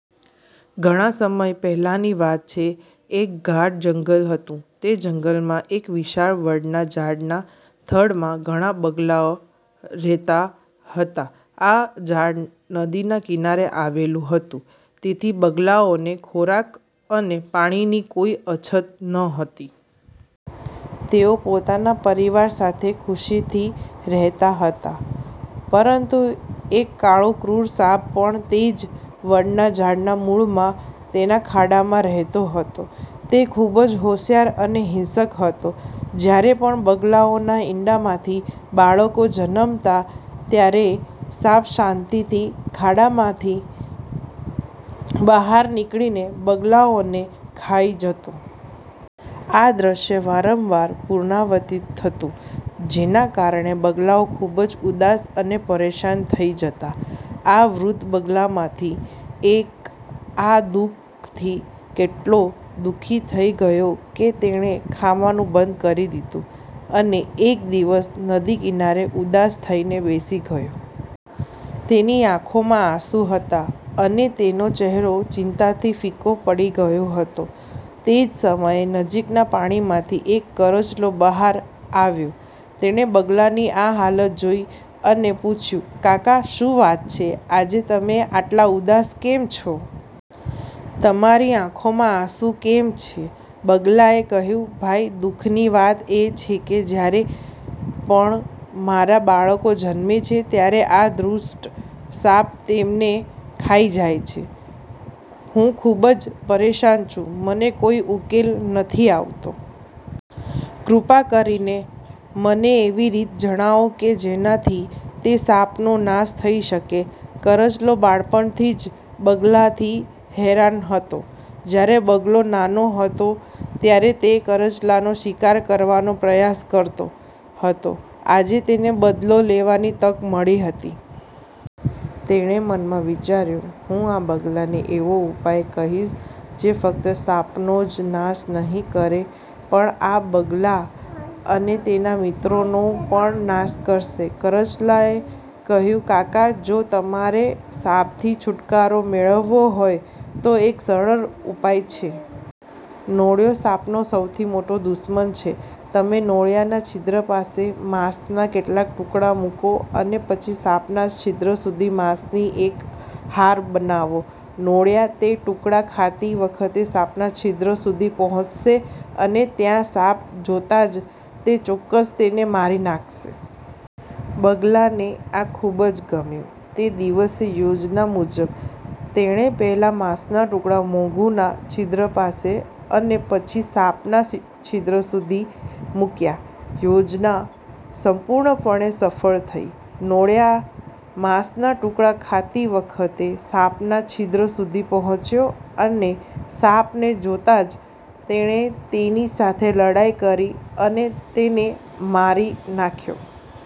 ઘણા સમય પહેલાની વાત છે. એક ગાઢ જંગલ હતું. તે જંગલમાં એક વિશાળ વડના ઝાડના થડમાં ઘણા બગલા રહેતા હતા. આ ઝાડ નદીના કિનારે આવેલું હતું, તેથી બગલાઓને ખોરાક અને પાણીની કોઈ અછત નહોતી. તેઓ પોતાના પરિવાર સાથે ખુશીથી રહેતા હતા. પરંતુ એક કાળો, ક્રૂર સાપ પણ તે જ વડના ઝાડના મૂળમાં તેના ખાડામાં રહેતો હતો. તે ખૂબ જ હોશિયાર અને હિંસક હતો. જ્યારે પણ બગલાઓના ઈંડામાંથી બાળકો જન્મતા, ત્યારે સાપ શાંતિથી ખાડામાંથી બહાર નીકળીને બગલાઓને ખાઈ જતો. આ દ્રશ્ય વારંવાર પુનરાવર્તિત થતું, જેના કારણે બગલા ખૂબ જ ઉદાસ અને પરેશાન થઈ જતા. આ વૃદ્ધ બગલામાંથી એક આ દુ:ખથી એટલો દુઃખી થઈ ગયો કે તેણે ખાવાનું બંધ કરી દીધું અને એક દિવસ નદી કિનારે ઉદાસ થઈને બેસી ગયો. તેની આંખોમાં આંસુ હતા અને તેનો ચહેરો ચિંતાથી ફિક્કો પડી ગયો હતો. તે જ સમયે, નજીકના પાણીમાંથી એક કરચલો બહાર આવ્યો. તેણે બગલાની આ હાલત જોઈ અને પૂછ્યું, કાકા! શું વાત છે? આજે તમે આટલા ઉદાસ કેમ છો? તમારી આંખોમાં આંસુ કેમ છે? બગલાએ કહ્યું, ભાઈ! દુઃખની વાત એ છે કે જ્યારે પણ મારા બાળકો જન્મે છે, ત્યારે આ દુષ્ટ સાપ તેમને ખાઈ જાય છે. હું ખૂબ જ પરેશાન છું. મને કોઈ ઉકેલ નથી આવતો. કૃપા કરીને મને એવી રીત જણાવો કે જેનાથી તે સાપનો નાશ થઈ શકે. કરચલો બાળપણથી જ બગલાથી હેરાન હતો. જ્યારે બગલો નાનો હતો, ત્યારે તે કરચલોનો શિકાર કરવાનો પ્રયાસ કરતો હતો. આજે તેને બદલો લેવાની તક મળી હતી. તેણે મનમાં વિચાર્યું – હું આ બગલાને એવો ઉપાય કહીશ જે ફક્ત સાપનો જ નાશ નહીં કરે, પણ આ બગલા અને તેના મિત્રોનો પણ નાશ કરશે. કરચલાએ કહ્યું, કાકા! જો તમારે સાપથી છુટકારો મેળવવો હોય, તો એક સરળ ઉપાય છે. નોળિયો સાપનો સૌથી મોટો દુશ્મન છે. તમે નોળિયાના છિદ્ર પાસે માંસના કેટલાક ટુકડા મૂકો અને પછી સાપના છિદ્ર સુધી માંસની એક હાર બનાવો. નોળિયા તે ટુકડા ખાતી વખતે સાપના છિદ્ર સુધી પહોંચશે અને ત્યાં સાપ જોતાં જ તે ચોક્કસ તેને મારી નાખશે. બગલાને આ ખૂબ ગમ્યું. તે દિવસે, યોજના મુજબ, તેણે પહેલા માંસના ટુકડા મોંગૂના છિદ્ર પાસે અને પછી સાપના છિદ્ર સુધી મૂક્યા. યોજના સંપૂર્ણપણે સફળ થઈ. નોળિયા માંસના ટુકડા ખાતી વખતે સાપના છિદ્ર સુધી પહોંચ્યો અને સાપને જોતાં જ તેણે તેની સાથે લડાઈ કરી અને તેને મારી નાખ્યો.